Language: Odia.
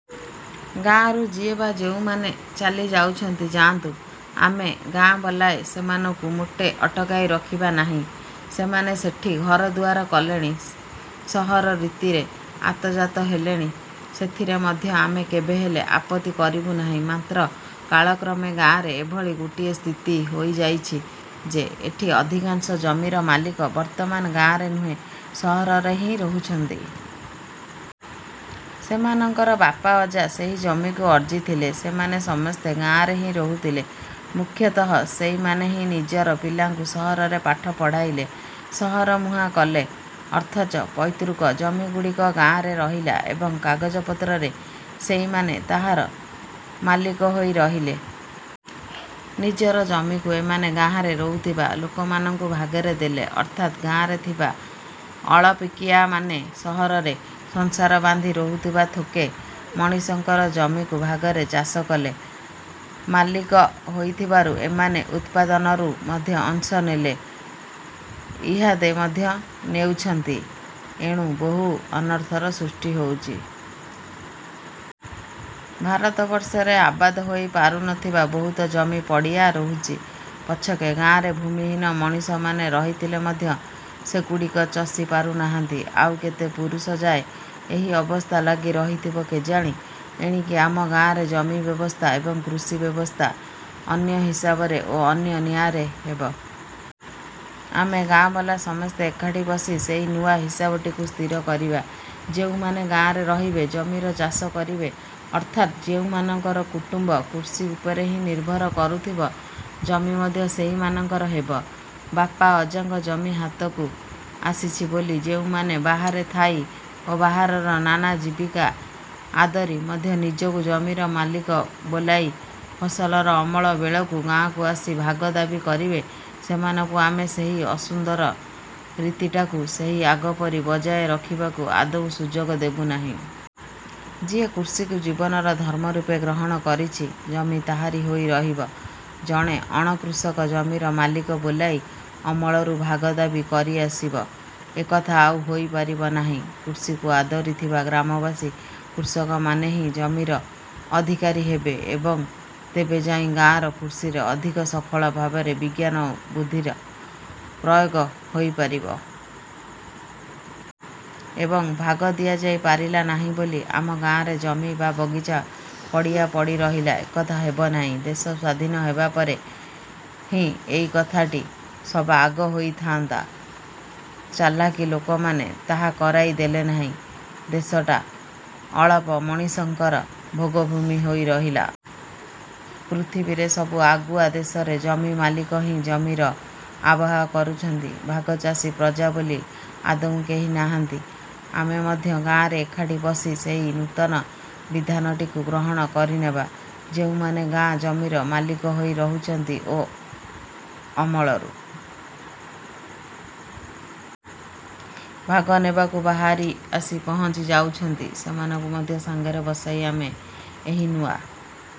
ଗାଆଁରୁ ଯିଏ ବା ଯେଉଁମାନେ ଚାଲି ଯାଉଛନ୍ତି ଯାଆନ୍ତୁ। ଆମେ ଗାଆଁବାଲାଏ ସେମାନଙ୍କୁ ମୋଟେ ଅଟକାଇ ରଖିବା ନାହିଁ। ସେମାନେ ସେଠି ଘରଦୁଆର କଲେଣି, ସହର ରୀତିରେ ଆତଯାତ ହେଲେଣି। ସେଥିରେ ମଧ୍ୟ ଆମେ କେବେହେଲେ, ଆପତ୍ତି କରିବୁ ନାହିଁ। ମାତ୍ର କାଳକ୍ରମେ ଗାଆଁରେ ଏଭଳି ଗୋଟିଏ ସ୍ଥିତି ହୋଇଯାଇଛି ଯେ, ଏଠି ଅଧିକାଂଶ ଜମିର ମାଲିକ ବର୍ତ୍ତମାନ ଗାଆଁରେ ନୁହେଁ, ସହରରେ ହିଁ ରହୁଛନ୍ତି। ସେମାନଙ୍କର ବାପା ଅଜା ସେହି ଜମିକୁ ଅର୍ଜିଥିଲେ; ସେମାନେ ସମସ୍ତେ ଗାଆଁରେ ହିଁ ରହୁଥିଲେ। ମୁଖ୍ୟତଃ ସେଇମାନେ ହିଁ ନିଜର ପିଲାଙ୍କୁ ସହରରେ ପାଠ ପଢ଼ାଇଲେ, ସହରମୁହାଁ କଲେ। ଅଥଚ ପୈତୃକ ଜମିଗୁଡ଼ିକ ଗାଆଁରେ ରହିଲା ଏବଂ କାଗଜପତ୍ରରେ ସେଇମାନେ ତାହାର ମାଲିକ ହୋଇ ରହିଲେ। ନିଜର ଜମିକୁ ଏମାନେ ଗାଆଁରେ ରହୁଥିବା ଲୋକମାନଙ୍କୁ ଭାଗରେ ଦେଲେ। ଅର୍ଥାତ୍, ଗାଆଁରେ ଥିବା ଅଳପିକିଆମାନେ ସହରରେ ସଂସାର ବାନ୍ଧି ରହୁଥିବା ଥୋକେ ମଣିଷଙ୍କର ଜମିକୁ ଭାଗରେ ଚାଷ କଲେ। ମାଲିକ ହୋଇଥିବାରୁ ଏମାନେ ଉତ୍ପାଦନରୁ ମଧ୍ୟ ଅଂଶ ନେଲେ,- ଇହାଦେ ମଧ୍ୟ ନେଉଛନ୍ତି। ଏଣୁ ବହୁ ଅନର୍ଥର ସୃଷ୍ଟି ହେଉଛି। ଭାରତବର୍ଷରେ ଆବାଦ ହୋଇ ପାରୁନଥିବା ବହୁତ ଜମି ପଡ଼ିଆ ରହୁଛି ପଛକେ, ଗାଆଁରେ ଭୂମିହୀନ ମଣିଷମାନେ ରହିଥିଲେ ମଧ୍ୟ ସେଗୁଡ଼ିକ ଚଷି ପାରୁନାହାନ୍ତି। ଆଉ କେତେ ପୁରୁଷଯାଏ ଏହି ଅବସ୍ଥା ଲାଗି ରହିଥିବ କେଜାଣି? ଏଣିକି ଆମ ଗାଆଁରେ ଜମି ବ୍ୟବସ୍ଥା ଏବଂ କୃଷି ବ୍ୟବସ୍ଥା ଅନ୍ୟ ହିସାବରେ ଓ ଅନ୍ୟ ନ୍ୟାୟରେ ହେବ। ଆମେ ଗାଆଁବାଲା ସମସ୍ତେ ଏକାଠି ବସି ସେହି ନୂଆ ହିସାବଟିକୁ ସ୍ଥିର କରିବା-। ଯେଉଁମାନେ ଗାଆଁରେ ରହିବେ, ଜମିର ଚାଷ କରିବେ, ଅର୍ଥାତ୍ ଯେଉଁମାନଙ୍କର କୁଟୁମ୍ବ କୃଷି ଉପରେ ହିଁ ନିର୍ଭର କରୁଥିବ, ଜମି ମଧ୍ୟ ସେହିମାନଙ୍କର ହେବ। ବାପା ଅଜାଙ୍କ ଜମି ହାତକୁ ଆସିଛି ବୋଲି ଯେଉଁମାନେ ବାହାରେ ଥାଇ ଓ ବାହାରର ନାନା ଜୀବିକା ଆଦରି ମଧ୍ୟ ନିଜକୁ ଜମିର ମାଲିକ ବୋଲାଇ ଫସଲର ଅମଳ ବେଳକୁ ଗାଆଁକୁ ଆସି ଭାଗ ଦାବି କରିବେ, ସେମାନଙ୍କୁ ଆମେ ସେହି ଅସୁନ୍ଦର ରୀତିଟାକୁ ସେହି ଆଗପରି ବଜାୟ ରଖିବାକୁ ଆଦୌ ସୁଯୋଗ ଦେବୁ ନାହିଁ। ଯିଏ କୃଷିକୁ ଜୀବନର ଧର୍ମ ରୂପେ ଗ୍ରହଣ କରିଛି, ଜମି ତାହାରି ହୋଇ ରହିବ। ଜଣେ ଅଣକୃଷକ ଜମିର ମାଲିକ ବୋଲାଇ ଅମଳରୁ ଭାଗ ଦାବି କରିଆସିବ, ଏକଥା ଆଉ ହୋଇପାରିବ ନାହିଁ। କୃଷିକୁ ଆଦରି ଥିବା ଗ୍ରାମବାସୀ କୃଷକମାନେ ହିଁ ଜମିର ଅଧିକାରୀ ହେବେ ଏବଂ ତେବେଯାଇ ଗାଁର କୃଷିରେ ଅଧିକ ସଫଳ ଭାବରେ ବିଜ୍ଞାନବୁଦ୍ଧିର ପ୍ରୟୋଗ ହୋଇପାରିବ,। ଏବଂ ଭାଗ ଦିଆଯାଇ ପାରିଲା ନାହିଁ ବୋଲି ଆମ ଗାଆଁରେ ଜମି ବା ବଗିଚା ପଡ଼ିଆ ପଡ଼ି ରହିଲା, ଏକଥା ହେବନାହିଁ। ଦେଶ ସ୍ଵାଧୀନ ହେବା ପରେ ପରେ ହିଁ ଏହି କଥାଟି ସବାଆଗ ହୋଇଥାଆନ୍ତା। ଚଲାଖି ଲୋକମାନେ ତାହା କରାଇ ଦେଲେନାହିଁ। ଦେଶଟା ଅଳପ ମଣିଷଙ୍କର ଭୋଗଭୂମି ହୋଇ ରହିଲା। ପୃଥିବୀରେ, ସବୁ ଆଗୁଆ ଦେଶରେ ଜମିମାଲିକ ହିଁ ଜମିର ଆବାହ କରୁଛନ୍ତି- ଭାଗଚାଷୀ ପ୍ରଜା ବୋଲି ଆଦୌ କେହି ନାହାନ୍ତି। ଆମେ ମଧ୍ୟ ଗାଆଁରେ ଏକାଠି ବସି ସେହି ନୂତନ ବିଧାନଟିକୁ ଗ୍ରହଣ କରିନେବା। ଯେଉଁମାନେ ଗାଆଁ ଜମିର ମାଲିକ ହୋଇ ରହିଛନ୍ତି ଓ ଅମଳରୁ ଭାଗ ନେବାକୁ ବାହାରୁ ଆସି ପହଞ୍ଚି ଯାଉଛନ୍ତି, ସେମାନଙ୍କୁ ମଧ୍ୟ ସାଙ୍ଗରେ ବସାଇ ଆମେ ଏହି ନୂଆ